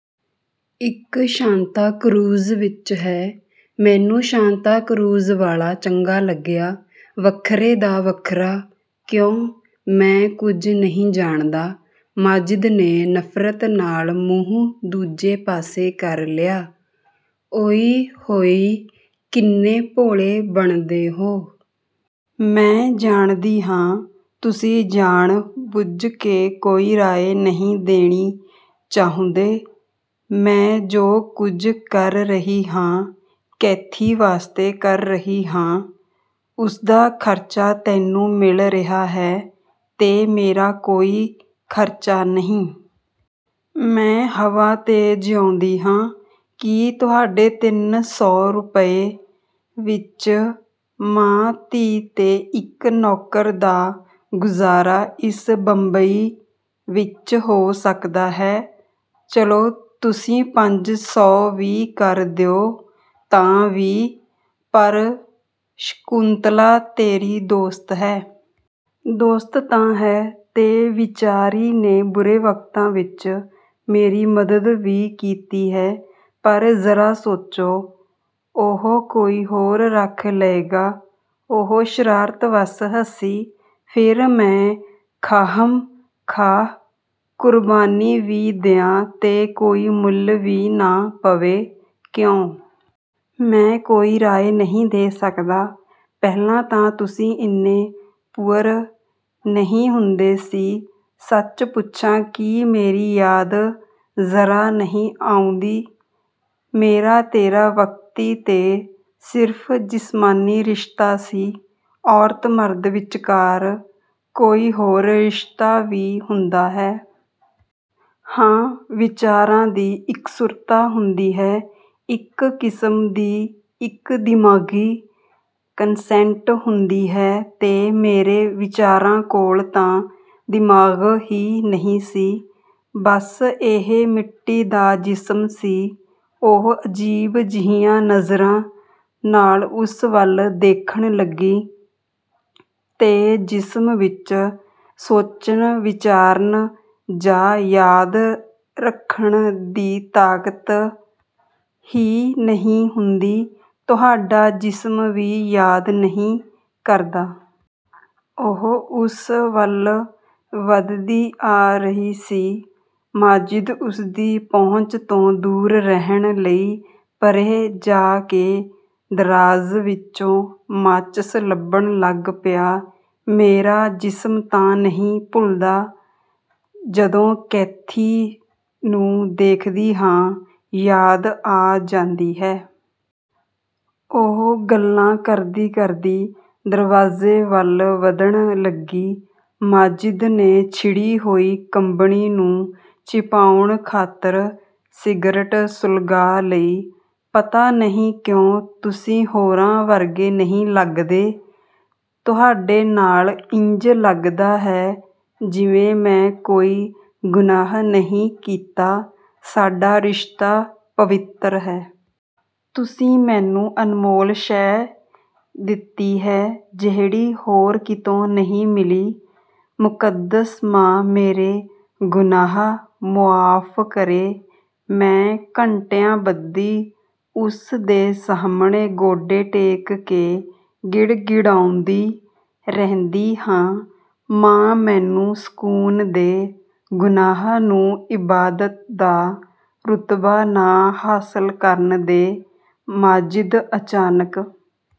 "ਇੱਕ ਸ਼ਾਂਤਾ ਕਰੂਜ਼ ਵਿੱਚ ਹੈ। ਮੈਨੂੰ ਸ਼ਾਂਤਾ ਕਰੂਜ਼ ਵਾਲਾ ਚੰਗਾ ਲੱਗਿਆ। ਵੱਖਰੇ ਦਾ ਵੱਖਰਾ, ਕਿਉਂ?" "ਮੈਂ ਕੁਝ ਨਹੀਂ ਜਾਣਦਾ।" ਮਾਜਿਦ ਨੇ ਨਫ਼ਰਤ ਨਾਲ ਮੂੰਹ ਦੂਜੇ ਪਾਸੇ ਕਰ ਲਿਆ। "ਓਇ-ਹੋਇ, ਕਿੰਨੇ ਭੋਲੇ ਬਣਦੇ ਹੋ! ਮੈਂ ਜਾਣਦੀ ਹਾਂ, ਤੁਸੀਂ ਜਾਣ-ਬੁੱਝ ਕੇ ਕੋਈ ਰਾਏ ਨਹੀਂ ਦੇਣੀ ਚਾਹੁੰਦੇ। ਮੈਂ ਜੋ ਕੁਝ ਕਰ ਰਹੀ ਹਾਂ, ਕੈਥੀ ਵਾਸਤੇ ਕਰ ਰਹੀ ਹਾਂ।" "ਉਸਦਾ ਖਰਚਾ ਤੈਨੂੰ ਮਿਲ ਰਿਹਾ ਹੈ।" "ਤੇ ਮੇਰਾ ਕੋਈ ਖਰਚਾ ਨਹੀਂ? ਮੈਂ ਹਵਾ 'ਤੇ ਜਿਊਂਦੀ ਹਾਂ? ਕੀ ਤੁਹਾਡੇ ਤਿੰਨ ਸੌ ਰੁਪਏ ਵਿੱਚ ਮਾਂ-ਧੀ ਤੇ ਇੱਕ ਨੌਕਰ ਦਾ ਗੁਜ਼ਾਰਾ ਇਸ ਬੰਬਈ ਵਿੱਚ ਹੋ ਸਕਦਾ ਹੈ? ਚਲੋ ਤੁਸੀਂ ਪੰਜ ਸੌ ਵੀ ਕਰ ਦਿਓ, ਤਾਂ ਵੀ?" "ਪਰ ਸ਼ਕੁੰਤਲਾ ਤੇਰੀ ਦੋਸਤ ਹੈ।" "ਦੋਸਤ ਤਾਂ ਹੈ, ਤੇ ਵਿਚਾਰੀ ਨੇ ਬੁਰੇ ਵਕਤਾਂ ਵਿੱਚ ਮੇਰੀ ਮਦਦ ਵੀ ਕੀਤੀ ਹੈ ਪਰ ਜ਼ਰਾ ਸੋਚੋ, ਉਹ ਕੋਈ ਹੋਰ ਰੱਖ ਲਏਗਾ।" ਉਹ ਸ਼ਰਾਰਤ ਵੱਸ ਹੱਸੀ, "ਫਿਰ ਮੈਂ ਖਾਹਮ-ਖਾਹ ਕੁਰਬਾਨੀ ਵੀ ਦਿਆਂ ਤੇ ਕੋਈ ਮੁੱਲ ਵੀ ਨਾ ਪਵੇ, ਕਿਉਂ?" "ਮੈਂ ਕੋਈ ਰਾਏ ਨਹੀਂ ਦੇ ਸਕਦਾ।" "ਪਹਿਲਾਂ ਤਾਂ ਤੁਸੀਂ ਇੰਨੇ 'ਪੁਅਰ' ਨਹੀਂ ਹੁੰਦੇ ਸੀ। ਸੱਚ ਪੁੱਛਾਂ, ਕੀ ਮੇਰੀ ਯਾਦ ਜ਼ਰਾ ਨਹੀਂ ਆਉਂਦੀ?" "ਮੇਰਾ ਤੇਰਾ ਵਕਤੀ ਤੇ ਸਿਰਫ਼ ਜਿਸਮਾਨੀ ਰਿਸ਼ਤਾ ਸੀ।" "ਔਰਤ-ਮਰਦ ਵਿੱਚਕਾਰ ਕੋਈ ਹੋਰ ਰਿਸ਼ਤਾ ਵੀ ਹੁੰਦਾ ਹੈ?" "ਹਾਂ, ਵਿਚਾਰਾਂ ਦੀ ਇਕਸੁਰਤਾ ਹੁੰਦੀ ਹੈ, ਇੱਕ ਕਿਸਮ ਦੀ, ਇੱਕ ਦਿਮਾਗ਼ੀ ਕਨਸੈਂਟ ਹੁੰਦੀ ਹੈ।" "ਤੇ ਮੇਰੇ ਵਿਚਾਰਾਂ ਕੋਲ ਤਾਂ ਦਿਮਾਗ਼ ਹੀ ਨਹੀਂ ਸੀ। ਬੱਸ ਇਹ ਮਿੱਟੀ ਦਾ ਜਿਸਮ ਸੀ" ਉਹ ਅਜੀਬ ਜਿਹੀਆਂ ਨਜ਼ਰਾਂ ਨਾਲ ਉਸ ਵੱਲ ਦੇਖਣ ਲੱਗੀ, "ਤੇ ਜਿਸਮ ਵਿੱਚ ਸੋਚਣ-ਵਿਚਾਰਨ ਜਾਂ ਯਾਦ ਰੱਖਣ ਦੀ ਤਾਕਤ ਹੀ ਨਹੀਂ ਹੁੰਦੀ, ਤੁਹਾਡਾ ਜਿਸਮ ਵੀ ਯਾਦ ਨਹੀਂ ਕਰਦਾ?" ਉਹ ਉਸ ਵੱਲ ਵਧਦੀ ਆ ਰਹੀ ਸੀ। ਮਾਜਿਦ ਉਸਦੀ ਪਹੁੰਚ ਤੋਂ ਦੂਰ ਰਹਿਣ ਲਈ ਪਰ੍ਹੇ ਜਾ ਕੇ ਦਰਾਜ਼ ਵਿੱਚੋਂ ਮਾਚਸ ਲੱਭਣ ਲੱਗ ਪਿਆ। "ਮੇਰਾ ਜਿਸਮ ਤਾਂ ਨਹੀਂ ਭੁੱਲਦਾ, ਜਦੋਂ ਕੈਥੀ ਨੂੰ ਦੇਖਦੀ ਹਾਂ ਯਾਦ ਆ ਜਾਂਦੀ ਹੈ।" ਉਹ ਗੱਲਾਂ ਕਰਦੀ-ਕਰਦੀ ਦਰਵਾਜ਼ੇ ਵੱਲ ਵਧਣ ਲੱਗੀ। ਮਾਜਿਦ ਨੇ ਛਿੜੀ ਹੋਈ ਕੰਬਣੀ ਨੂੰ ਛਿਪਾਉਣ ਖਾਤਰ ਸਿਗਰਟ ਸੁਲਗਾ ਲਈ। "ਪਤਾ ਨਹੀਂ ਕਿਉਂ ਤੁਸੀਂ ਹੋਰਾਂ ਵਰਗੇ ਨਹੀਂ ਲੱਗਦੇ! ਤੁਹਾਡੇ ਨਾਲ ਇੰਜ ਲੱਗਦਾ ਹੈ ਜਿਵੇਂ ਮੈਂ ਕੋਈ ਗੁਨਾਹ ਨਹੀਂ ਕੀਤਾ, ਸਾਡਾ ਰਿਸ਼ਤਾ ਪਵਿੱਤਰ ਹੈ। ਤੁਸੀਂ ਮੈਨੂੰ ਅਨਮੋਲ ਸ਼ੈਅ ਦਿੱਤੀ ਹੈ, ਜਿਹੜੀ ਹੋਰ ਕਿਤੋਂ ਨਹੀਂ ਮਿਲੀ। ਮੁਕੱਦਸ ਮਾਂ ਮੇਰੇ ਗੁਨਾਹ ਮੁਆਫ਼ ਕਰੇ, ਮੈਂ ਘੰਟਿਆਂਬੱਧੀ ਉਸ ਦੇ ਸਾਹਮਣੇ ਗੋਡੇ ਟੇਕ ਕੇ ਗਿੜਗਿੜਾਉਂਦੀ ਰਹਿੰਦੀ ਹਾਂ,'ਮਾਂ ਮੈਨੂੰ ਸਕੂਨ ਦੇ, ਗੁਨਾਹ ਨੂੰ ਇਬਾਦਤ ਦਾ ਰੁਤਬਾ ਨਾ ਹਾਸਲ ਕਰਨ ਦੇ।' ਮਾਜਿਦ।" ਅਚਾਨਕ